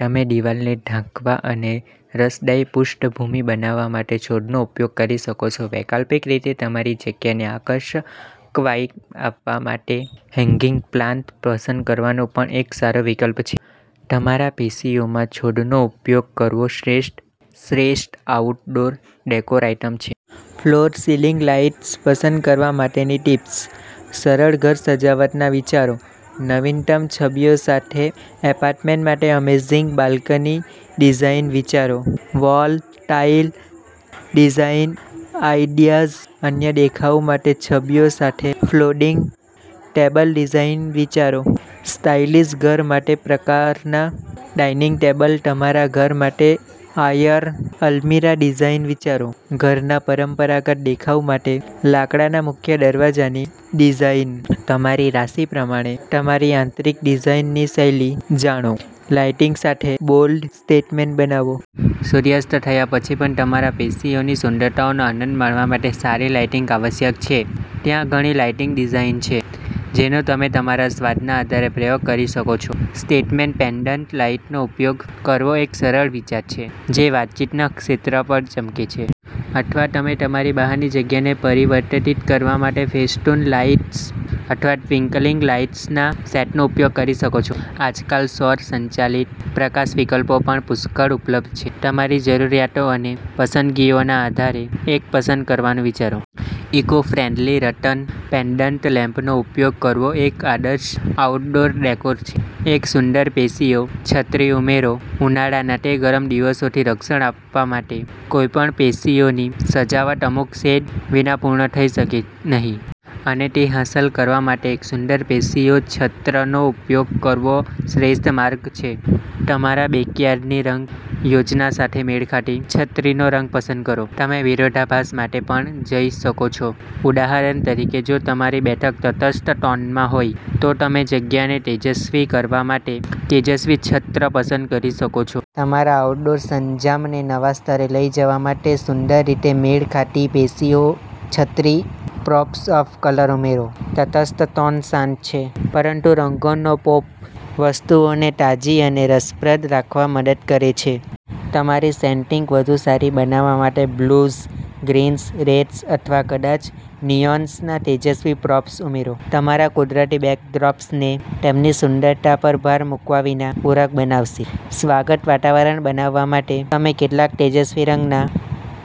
તમે દિવાલોને ઢાંકવા અને રસદાર પૃષ્ઠભૂમિ બનાવવા માટે છોડનો ઉપયોગ કરી શકો છો. વૈકલ્પિક રીતે તમારી જગ્યાને આકર્ષક વાઇબ આપવા માટે હેંગિંગ પ્લાન્ટ્સ પસંદ કરવાનું પણ એક સારો વિકલ્પ છે. તમારા પેશિયોમાં છોડનો ઉપયોગ કરવો શ્રેષ્ઠ આઉટડોર ડેકોર આઈડિયા છે. ફોલ્સ સિલિંગ લાઇટ્સ પસંદ કરવા માટેની ટિપ્સ, સરળ ઘર સજાવટના વિચારો, નવીનતમ છબીઓ સાથે એપાર્ટમેન્ટ્સ માટે અમેઝિંગ બાલ્કની ડિઝાઇન વિચારો, વોલ ટાઇલ ડિઝાઇન આઇડિયાઝ અનન્ય દેખાવ માટે, છબીઓ સાથે ફોલ્ડિંગ ડાઇનિંગ ટેબલ ડિઝાઇન વિચારો, સ્ટાઇલિશ ઘર માટે પ્રકારના ડાઇનિંગ ટેબલ, તમારા ઘર માટે આયર્ન અલ્મિરાહ ડિઝાઇન વિચારો, ઘરના પરંપરાગત દેખાવ માટે લાકડાના મુખ્ય દરવાજાની ડિઝાઇન, તમારી રાશિ પ્રમાણે તમારી આંતરિક ડિઝાઇનની શૈલી જાણો, લાઇટિંગ સાથે બોલ્ડ સ્ટેટમેન્ટ બનાવો. સૂર્ય અસ્ત થયા પછી પણ તમારા પેશિયોની સુંદરતાનો આનંદ માણવા માટે સારી લાઇટિંગ આવશ્યક છે. ત્યાં ઘણી લાઇટિંગ ડિઝાઇન છે જેનો તમે તમારા સ્વાદના આધારે પ્રયોગ કરી શકો છો. સ્ટેટમેન્ટ પેન્ડન્ટ લાઇટનો ઉપયોગ કરવો એક સરસ વિચાર છે જે વાતચીતના ક્ષેત્ર પર ચમકે છે. અથવા તમે તમારી બહારની જગ્યાને પરિવર્તિત કરવા માટે ફેસ્ટૂન લાઇટ્સ અથવા ટ્વિંકલી લાઇટ્સના સેટનો ઉપયોગ કરી શકો છો. આજકાલ, સૌર-સંચાલિત પ્રકાશ વિકલ્પો પણ પુષ્કળ ઉપલબ્ધ છે. તમારી જરૂરિયાતો અને પસંદગીઓના આધારે એક પસંદ કરવાનું વિચારો. ઇકોફ્રેન્ડલી રતન પેન્ડન્ટ લેમ્પનો ઉપયોગ કરવો એક આદર્શ આઉટડોર ડેકોર છે. એક સુંદર પેશિયો છત્રી ઉમેરો ઉનાળાના તે ગરમ દિવસોથી રક્ષણ આપવા માટે. કોઈ પણ પેશિયોની સજાવટ અમુક શેડ વિના પૂર્ણ થઈ શકે નહીં. અને તે હાંસલ કરવા માટે એક સુંદર પેશિયો છત્રનો ઉપયોગ કરવો શ્રેષ્ઠ માર્ગ છે. તમારા બેકયાર્ડની રંગ યોજના સાથે મેળ ખાતી છત્રીનો રંગ પસંદ કરો. તમે વિરોધાભાસ માટે પણ જઈ શકો છો. ઉદાહરણ તરીકે, જો તમારી બેઠક તટસ્થ ટોનમાં હોય, તો તમે જગ્યાને તેજસ્વી કરવા માટે તેજસ્વી છત્ર પસંદ કરી શકો છો. તમારા આઉટડોર સરંજામને નવા સ્તરે લઈ જવા માટે સુંદર રીતે મેળ ખાતી પેશિયો છત્રી પોપ્સ ઓફ કલર ઉમેરો. તટસ્થ ટોન શાંત છે પરંતુ રંગનો પોપ વસ્તુઓને તાજી અને રસપ્રદ રાખવામાં મદદ કરે છે. તમારી સેટિંગને વધુ સારી બનાવવા માટે બ્લૂઝ, ગ્રીન્સ, રેડ્સ અથવા કદાચ નિયોન્સના તેજસ્વી પૉપ્સ ઉમેરો. તમારા કુદરતી બેકડ્રોપ્સને તેમની સુંદરતા પર ભાર મૂક્યા વિના પૂરક બનાવશે. સ્વાગત વાતાવરણ બનાવવા માટે તમે કેટલાક તેજસ્વી રંગના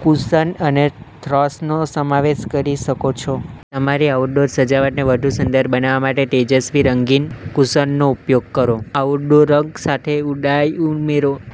કુશન અને થ્રોસનો સમાવેશ કરી શકો છો. તમારી આઉટડોર સજાવટને વધુ સુંદર બનાવવા માટે તેજસ્વી રંગીન કુશનનો ઉપયોગ કરો. આઉટડોર રગ સાથે ઊંડાઈ ઉમેરો.